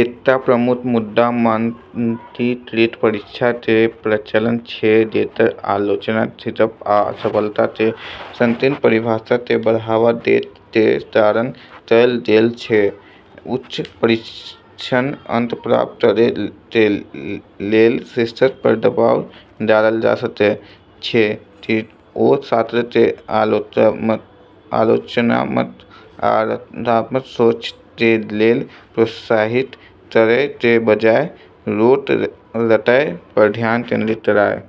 एकटा प्रमुख मुद्दा मानकीकृत परीक्षण के प्रचलन छै, जेकर आलोचना सीखब आ सफलता के संकीर्ण परिभाषा के बढ़ावा दै के कारण कयल गेल छै। उच्च परीक्षण अंक प्राप्त करय के लेल शिक्षक पर दबाव डालल जा सकै छै कि ओ छात्र के आलोचनात्मक आ रचनात्मक सोच के लेल प्रोत्साहित करय के बजाय रोट रटय पर ध्यान केंद्रित करय।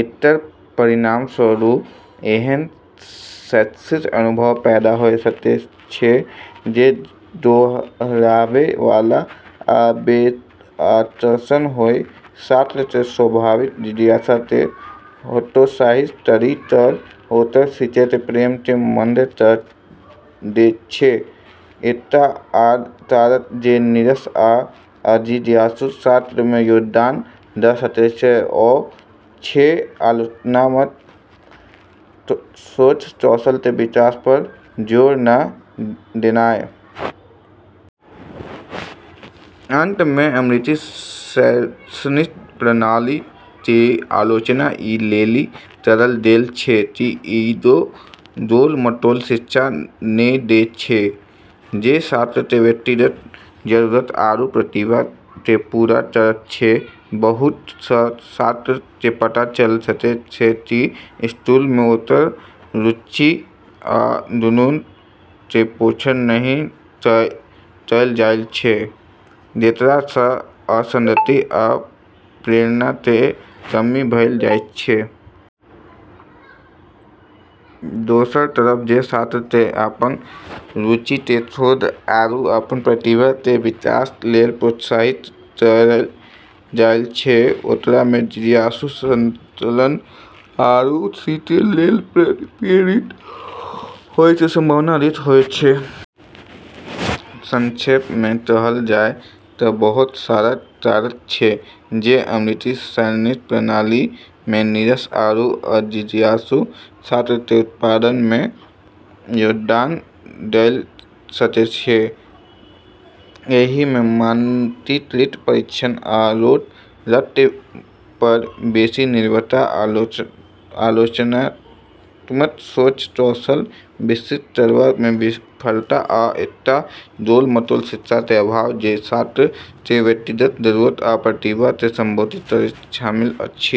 एकर परिणामस्वरूप एहन शैक्षिक अनुभव पैदा होय सकै छै जे दोहराबै वाला आ बे-आकर्षक होय, छात्र के स्वाभाविक जिज्ञासा के हतोत्साहित करी कऽ ओकर सीखै के प्रेम के मंद क' दै छै। एकटा आर कारक जे "नीरस आ अजिज्ञासु" छात्र मे योगदान दऽ सकै छै, ओ छै आलोचनात्मक सोच कौशल के विकास पर जोर नै देनाय। अंत मे, अमेरिकी शैक्षणिक प्रणाली के आलोचना ई लेली करल गेल छै कि ई एगो गोल-मटोल शिक्षा नै दै छै जे छात्र के व्यक्तिगत जरूरत आरू प्रतिभा के पूरा करै छै। बहुत सं छात्र के पता चल सकै छै कि स्कूल मे ओकर रुचि आ जुनून के पोषण नहि कएल जाइत छै, जेकरा सं असंगति आ प्रेरणा के कमी भऽ जाइत छै। दोसर तरफ, जे छात्र के अपन रुचि के खोज आरू अपन प्रतिभा के विकास लेल प्रोत्साहित कएल जाइत छै, ओकरा मे जिज्ञासु, संलग्न आरू सीखै लेल प्रेरित होय के संभावना अधिक होय छै। संक्षेप मे कहल जाय तऽ बहुत सारा कारक छै जे अमेरिकी शैक्षणिक प्रणाली मे "नीरस आरू अजिज्ञासु" छात्र के उत्पादन मे योगदान दऽ सकै छै। एहि मे मानकीकृत परीक्षण आ रोट रटय पर बेसि निर्भरता, आलोचनात्मक सोच कौशल विकसित करबा मे विफलता, आ एकटा गोल-मटोल शिक्षा के अभाव जे छात्र के व्यक्तिगत जरूरत आ प्रतिभा के संबोधित करय, शामिल अछि।